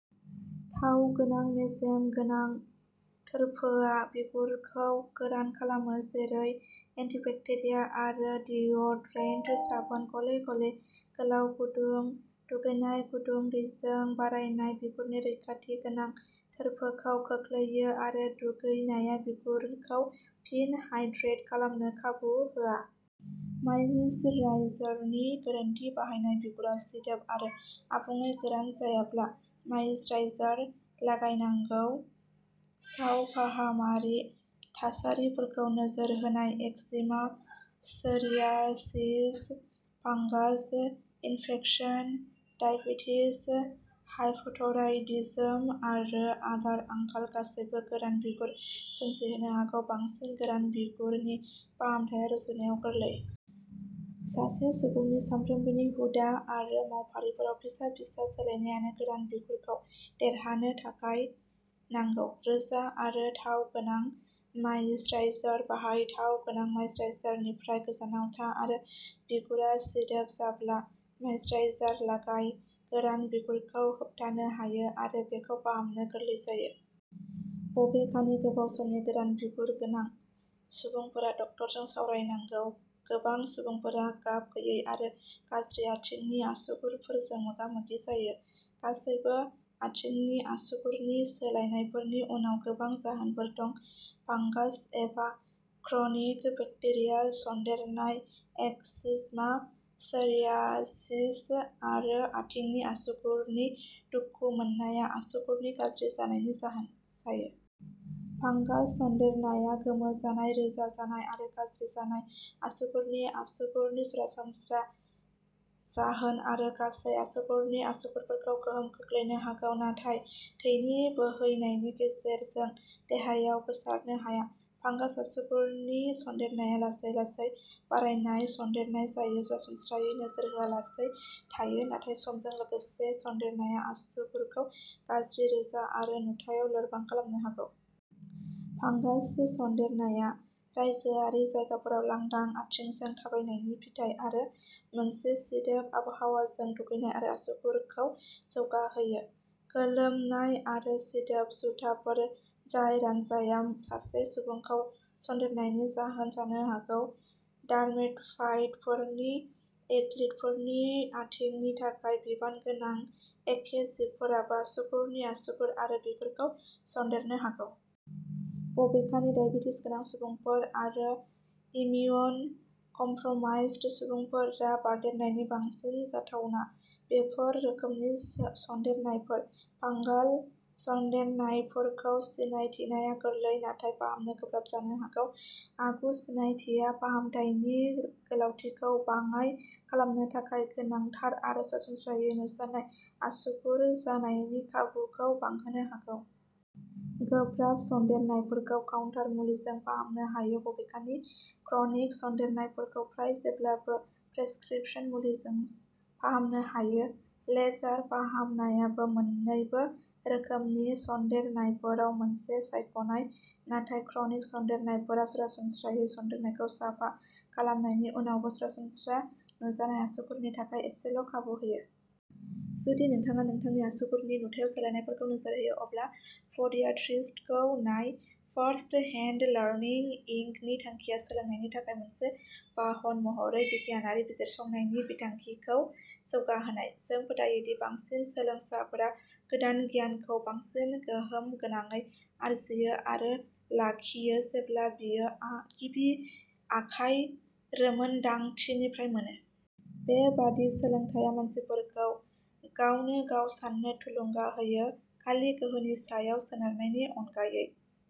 थाव गोनां मेजेम गोनां थोरफोआ बिगुरखौ गोरान खालामो। जेरै एन्टिबेक्टेरिया आरो डिअडरेन्ट साबोन। गले-गले, गोलाव, गुदुं दुगैनाय गुदुं दैजों बारायनाय बिगुरनि रैखाथि गोनां थोरफोखौ खोख्लैयो आरो दुगैनाया बिगुरखौ फिन हाइड्रेट खालामनो खाबु होआ। मायिचराइजारनि गोरोन्थि बाहायनाय बिगुरा सिदोब आरो आबुङै गोरान जायाब्ला मायिचराइजार लागायनांगौ। सावफाहामारि थासारिफोरखौ नोजोर होनाय eczema, psoriasis, fungus infection, diabetes, hypothyroidism आरो आदार आंखाल गासैबो गोरान बिगुर सोमजिहोनो हागौ। बांसिन गोरान बिगुरनि फाहामथाया रुजुनायाव गोरलै। सासे सुबुंनि सानफ्रोमबोनि हुदा आरो मावफारिफोराव फिसा-फिसा सोलायनायानो गोरान बिगुरखौ देरहानो थाखाय नांगौ। रोजा आरो थाव गोनां मायिचराइजार बाहाय। थाव गोनां मायिचराइजारनिफ्राय गोजानाव था आरो बिगुरा सिदोब जाब्ला मायिचराइजार लागाय। गोरान बिगुरखौ होबथानो हायो आरो बेखौ फाहामनो गोरलै जायो। बबेखानि, गोबाव समनि गोरान बिगुर गोनां सुबुंफोरा डाक्टारजों सावरायनांगौ। गोबां सुबुंफोरा गाब गैयै आरो गाज्रि आथिंनि आसुगुरफोरजों मोगा-मोगि जायो। गासैबो आथिंनि आसुगुरनि सोलायनायफोरनि उनाव गोबां जाहोनफोर दं फांगास एबा क्रनिक बेक्टेरिया सन्देरनाय, एक्जिमा, सोरियासिस आरो आथिंनि आसुगुरनि दुखु मोननाया आसुगुरनि गाज्रि जानायनि जाहोन जायो। फांगास सन्देरनाया गोमो जानाय, रोजा जानाय आरो गाज्रि जानाय आसुगुरनि आसुगुरनि सरासनस्रा जाहोन आरो गासै आसुगुरनि आसुगुरफोरखौ गोहोम खोख्लैनो हागौ, नाथाय थैनि बोहैनायनि गेजेरजों देहायाव गोसारनो हाया। फांगास आसुगुरनि सन्देरनाया लासै लासै बारायनाय सन्देरनाय जाय सरासनस्रायै नोजोर होआलासै थायो, नाथाय समजों लोगोसे सनदेरनाया आसुगुरखौ गाज्रि, रोजा आरो नुथायाव लोरबां खालामनो हागौ। फांगास सन्देरनाया रायजोआरि जायगाफोराव लांदां आथिंजों थाबायनायनि फिथाय आरो मोनसे सिदोब आबहावाजों दुगैनाय जाय आसुगुरखौ जौगाहोयो। गोलोमनाय आरो सिदोब जुथाफोर जाय रानजाया, सासे सुबुंखौ सन्देरनायनि जाहोन जानो हागौ। डार्मेटफाइटफोर, एथलीटफोरनि आथिंनि थाखाय बिबानगोनां एखे जिबफोराबो आसुगुरनि आसुगुर आरो बिगुरखौ सनदेरनो हागौ। बबेखानि, डायबेटिस गोनां सुबुंफोर आरो इमिउन' कमप्र'माइज्ड सुबुंफोरहा बारदेरनायनि बांसिन जाथावना। बेफोर रोखोमनि सन्देरनायफोर। फांगाल सन्देरनायफोरखौ सिनायथिनाया गोरलै, नाथाय फाहामनो गोब्राब जानो हागौ। आगु सिनायथिया फाहामथायनि गोलावथिखौ बाङाइ खालामनो थाखाय गोनांथार आरो सरासनस्रा नुजानाय आसुगुर जानायनि खाबुखौ बांहोनो हागौ। गोब्राब सन्देरनायफोरखौ काउन्टार मुलिजों फाहामनो हायो बबेखानि, क्रनिक सन्देरनायफोरखौ फ्राय जेब्लाबो प्रेसक्रिपशन मुलिफोरजों फाहामनो हायो। लेजार फाहामनायाबो मोननैबो रोखोमनि सन्देरनायफोराव मोनसे सायख'नाय। नाथाय, क्रनिक सन्देरनायफोरा सरासनस्रायै सन्देरनायखौ साफा खालामनायनि उनावबो सरासनस्रा नुजानाय आसुगुरनि थाखाय एसेल' खाबु होयो। जुदि नोंथाङा नोंथांनि आसुगुरनि नुथायाव सोलायनायफोरखौ नोजोर होयो, अब्ला प'डियाट्रिस्टखौ नाय। फार्स्ट हेन्ड लार्निं इंक नि थांखिया सोलोंनायनि थाखाय मोनसे बाहन महरै बिगियानारि बिजिरसंनायनि बिखान्थिखौ जौगाहोनाय। जों फोथायो दि बांसिन सोलोंसाफोरा गोदान गियानखौ बांसिन गोहोम गोनाङै आरजियो आरो लाखियो जेब्ला बेयो गिबि आखाय रोंमोनदांथिनिफ्राय मोनो। बेबादि सोलोंथाया मानसिफोरखौ गावनोगाव साननो थुलुंगा होयो, खालि गोहोनि सायाव सोनारनायनि अनगायै।